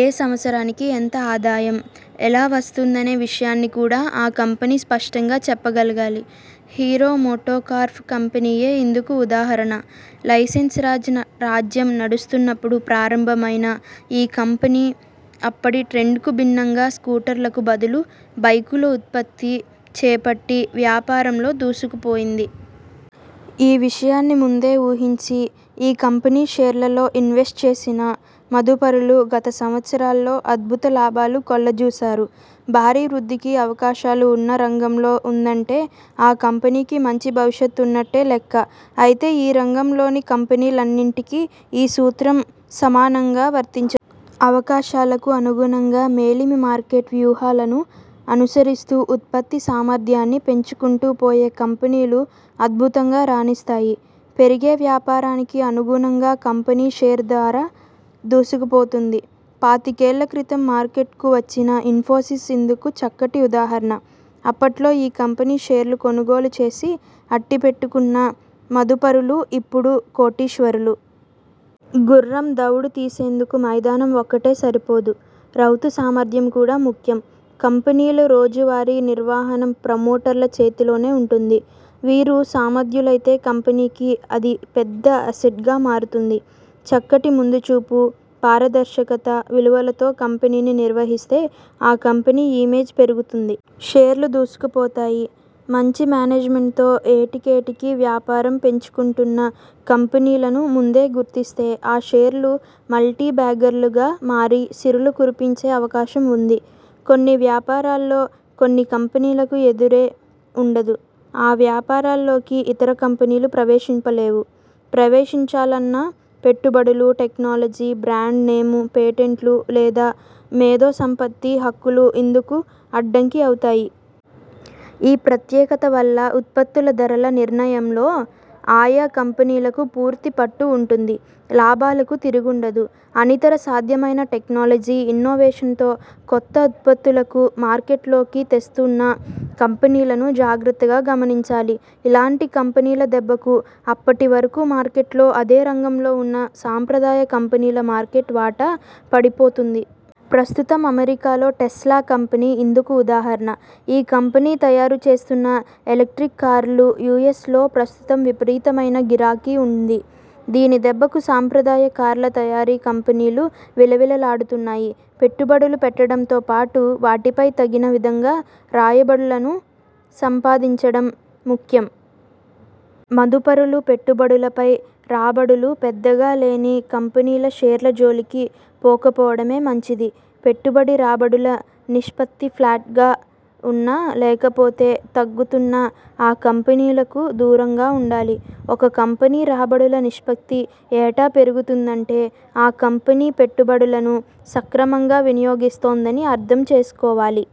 ఏ సంవత్సరానికి ఎంత ఆదాయం, ఎలా వస్తుందనే విషయాన్ని కూడా ఆ కంపెనీ స్పష్టంగా చెప్పగలగాలి. హీరో మోటో కార్ప్ కంపెనీయే ఇందుకు ఉదాహరణ. లైసెన్సు రాజ్ రాజ్యం నడుస్తున్నపుడు ప్రారంభమైనా ఈ కంపెనీ అప్పటి ట్రెండ్కు భిన్నంగా స్కూటర్లకు బదులు బైకుల ఉత్పత్తి చేపట్టి వ్యాపారంలో దూసుకుపోయింది. ఈ విషయాన్ని ముందే ఊహించి ఈ కంపెనీ షేర్లలో ఇన్వెస్ట్ చేసిన మదుపరులు గత సంవత్సరాల్లో అద్భుత లాభాలు కళ్లజూశారు. భారీ వృద్ధికి అవకాశాలు ఉన్న రంగంలో ఉందంటే ఆ కంపెనీకి మంచి భవిష్యత ఉన్నట్టే లెక్క. అయితే ఈ రంగంలోని కంపెనీలన్నింటికీ ఈ సూత్రం సమానంగా వర్తించదు. అవకాశాలకు అనుగుణంగా మేలిమి మార్కెట్ వ్యూహాలను అనుసరిస్తూ ఉత్పత్తి సామర్ధ్యాన్ని పెంచుకుంటూ పోయే కంపెనీలు అద్భుతంగా రాణిస్తాయి. పెరిగే వ్యాపారానికి అనుగుణంగా కంపెనీ షేర్ ధరా దూసుకుపోతుంటుంది. పాతికేళ్ల క్రితం మార్కెట్కు వచ్చిన ఇన్ఫోసిస్ ఇందుకు చక్కటి ఉదాహరణ. అప్పట్లో ఈ కంపెనీ షేర్లు కొనుగోలు చేసి అట్టిపెట్టుకున్న మదుపరులు ఇపుడు కోటీశ్వరులు. గుర్రం దౌడు తీసేందుకు మైదానం ఒక్కటే సరిపోదు. రౌతు సామర్ధ్యం కూడా ముఖ్యం. కంపెనీల రోజు వారీ నిర్వహణ ప్రమోటర్ల చేతిలోనే ఉంటుంది. వీరు సమర్ధులైతే కంపెనీకి అది పెద్ద అసెట్గా మారుతుంది. చక్కటి ముం దు చూపు, పారదర్శకత, విలువలతో కంపెనీని నిర్వహిస్తే ఆ కంపెనీ ఇమేజ్ పెరుగుతుంది. షేర్లూ దూసుకు పోతాయి. మంచి మేనేజ్మెంట్తో ఏటికేటికి వ్యాపారం పెంచుకుంటున్న కంపెనీలను ముందే గుర్తిస్తే ఆ షేర్లు మల్టీ బ్యాగర్లుగా మారి సిరులు కురిపించే అవకాశం ఉంది. కొన్ని వ్యాపారాల్లో కొన్ని కంపెనీలకు ఎదురే ఉండదు. ఆ వ్యాపారాల్లోకి ఇతర కంపెనీలు ప్రవేశించలేవు. ప్రవేశిం చాలన్నా పెట్టుబడులు, టెక్నాలజీ, బ్రాండ్ నేమ్, పేటెంట్లు లేదా మేధో సంపత్తి హక్కులు ఇందుకు అడ్డంకి అవుతాయి. ఈ ప్రత్యేకత వల్ల ఉత్పత్తుల ధరల నిర్ణయంలో ఆయా కంపెనీలకు పూర్తి పట్టు ఉంటుంది. లాభాలకు తిరు గుండదు. అనితర సాధ్యమైన టెక్నాలజీ, ఇన్నోవేషన్స్తో కొత్త ఉత్పత్తులను మార్కెట్లోకి తెస్తున్న కంపెనీలను జాగ్రత్తగా గమనించాలి. ఇలాంటి కంపెనీల దెబ్బకు అప్పటి వరకు మార్కెట్లో అదే రంగంలో ఉన్న సంప్రదాయ కంపెనీల మార్కెట్ వాటా పడిపోతుంది. ప్రస్తుతం అమె రికాలో టెస్లా కంపెనీ ఇందుకు ఉదాహరణ. ఈ కంపెనీ తయారు చేస్తున్న ఎలక్ర్టిక్ కార్లకు యుఎ్సలో ప్రస్తుతం విపరీతమైన గిరాకీ ఉంది. దీని దెబ్బకు సంప్రదాయ కార్ల తయారీ కంపెనీలు విలవిలలాడుతున్నాయి. పెట్టుబడులు పెట్టడంతోపాటు వాటిపై తగిన విధంగా రాబడులను సంపాదించడం ముఖ్యం. మదుపరులు పెట్టుబడులపై రాబడులు పెద్దగా లేని కంపెనీల షేర్ల జోలికి పోకపోవడమే మంచిది. పెట్టుబడి-రాబడుల నిష్పత్తి ఫ్లాట్గా ఉన్నా, లేకపోతే తగ్గుతున్నా ఆ కంపెనీలకు దూరంగా ఉండాలి. ఒక కంపెనీ రాబడుల నిష్పత్తి ఏటా పెరుగుతోందంటే ఆ కంపెనీ పెట్టుబడులను సక్రమంగా వినియోగిస్తోందని అర్థం చేసుకోవాలి.